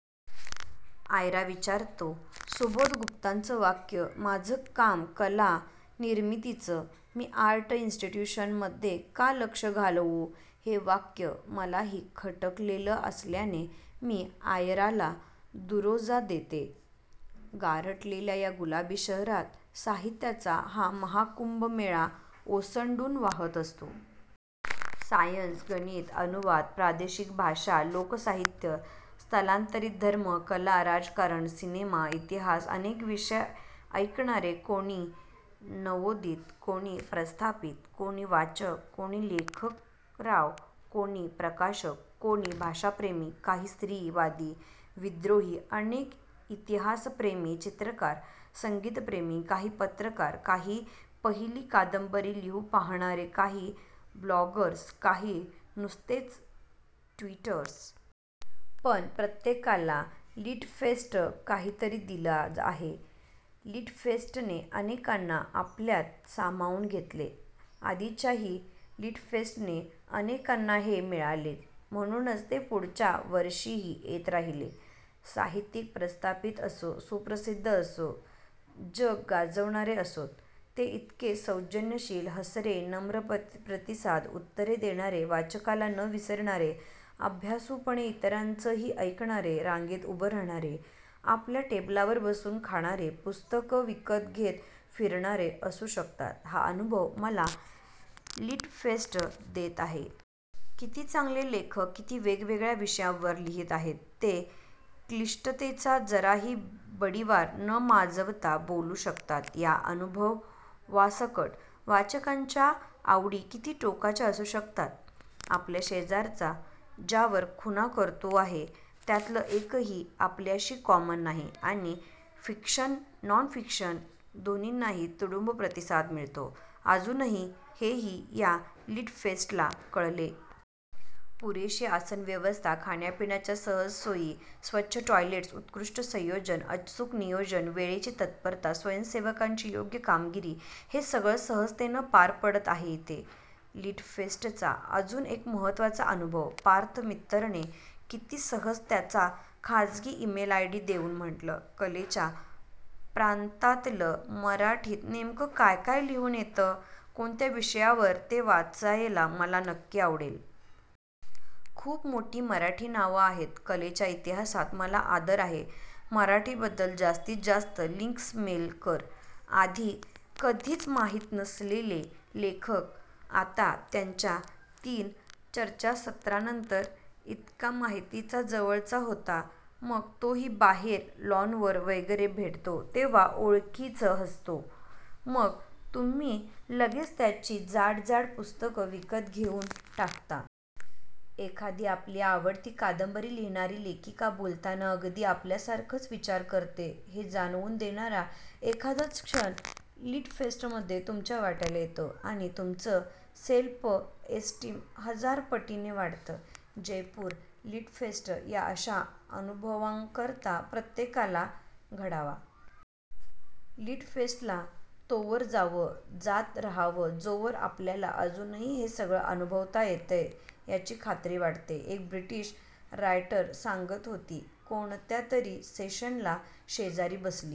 आयरा विचारतो. सुबोध गुप्ताचं वाक्य माझं काम कला निर्मितीचं, मी आर्ट इन्स्टीट्यूशन मधे का लक्ष घालवू हे वाक्य मलाही खटकलेलं असल्याने मी आयराला दुजोरा देते. गारठलेल्या या गुलाबी शहरात साहित्याचा हा महाकुंभमेळा ओसंडून वहात असतो. सायन्स, गणित, अनुवाद, प्रादेषिक भाषा, लोकसाहित्य, स्थलांतरित, धर्म, कला, राजकारण, सिनेमा, इतिहास अनेक विषय. ऐकणारे कोणी नवोदित, कोणी प्रस्थापित, कोणी वाचक, कोणी लेखकराव, कोणी प्रकाशक, कोणी भाषाप्रेमी, काही स्त्री-वादी, विद्रोही, अनेक इतिहासप्रेमी. चित्रकार, संगीतप्रेमी, काही पत्रकार, काही पहिली कादंबरी लिहू पहाणारे, काही ब्लॉगर्स, काही नुसतेच ट्वीटर्स. पण प्रत्येकाला लिटफ़ेस्ट काहीतरी देतं आहे. लिटफ़ेस्टने अनेकांना आपल्यात सामावून घेतले. आधीच्याही लिटफ़ेस्टने अनेकांना हे मिळाले म्हणूनच ते पुढच्या वर्षीही येत राहीले. साहित्यिक प्रस्थापित असो, सुप्रसिद्ध असो, जग गाजवणारे असोत.. ते इतके सौजन्यशील, हसरे, नम्र प्रतिसाद, उत्तरे देणारे, वाचकाला न विसरलेले, अभ्यासूपणे इतरांचंही ऐकणारे, रांगेत उभं रहाणारे, आपल्या टेबलावर बसून खाणारे, पुस्तकं विकत घेत फ़िरणारे असू शकतात हा अनुभव मला लिटफ़ेस्ट देत आहे. किती चांगले लेखक, किती वेगवेगळ्या विषयांवर लिहित आहेत, ते क्लिष्टतेचा जराही बडिवार न माजवता बोलू शकतात, या अनुभवासकट. वाचकांच्या आवडी किती टोकाच्या असू शकतात. आपल्या शेजारचा ज्यावर खूणा करतो आहे त्यातलं एकही आपल्याशी कॉमन नाही, आणि फ़िक्शन, नॉन फ़िक्शन दोन्हीनाही तुडुंब प्रतिसाद मिळतो अजूनही हेही या लिटफ़ेस्टला कळले. पुरेशी आसन व्यवस्था, खाण्या-पिण्याच्या सहज सोयी, स्वच्छ टॉयलेट्स, उत्कृष्ट संयोजन, अचूक नियोजन, वेळेची तत्परता, स्वयंसेवकांची योग्य कामगिरी हे सगळं सहजतेनं पार पडत आहे इथे. लिटफ़ेस्टचा अजून एक महत्वाचा अनुभव. पार्थ मित्तरने किती सहज त्याचा खाजगी इमेल आयडी देऊन म्हटलं, कलेच्या प्रांतातलं मराठीत नेमकं काय काय लिहून येतं, कोणत्या विषयांवर ते वाचायला मला नक्की आवडेल. खूप मोठी मराठी नावं आहेत कलेच्या इतिहासात. मला आदर आहे मराठीबद्दल. जास्तीतजास्त लिंक्स मेल कर. आधी कधीच माहीत नसलेले लेखक, आता त्यांच्या तीन-तीन चर्चासत्रांनंतर इतका माहितीचा, जवळचा होतो, मग तोही बाहेर लॉनवर वगैरे भेटतो तेव्हा ओळखीचं हसतो, मग तुम्ही लगेच त्याची जाडजाड पुस्तकं विकत घेऊन टाकता. एखादी आपली आवडती कादंबरी लिहिणारी लेखिका बोलताना अगदी आपल्यासारखाच विचार करते हे जाणवून देणारा एखादाच क्षण लिटफ़ेस्टमधे तुमच्या वाट्याला येतो आणि तुमचं सेल्फ़ एस्टीम हजार पटींने वाढतं. जयपूर लिटफ़ेस्ट या अशा अनुभवांकरता प्रत्येकाला घडावा. लिटफ़ेस्टला तोवर जावं, जात रहावं जोवर आपल्याला अजूनही हे सगळं अनुभवता येतय याची खात्री वाटते. एक ब्रिटिश रायटर सांगत होती कोणत्यातरी सेशनला शेजारी बसली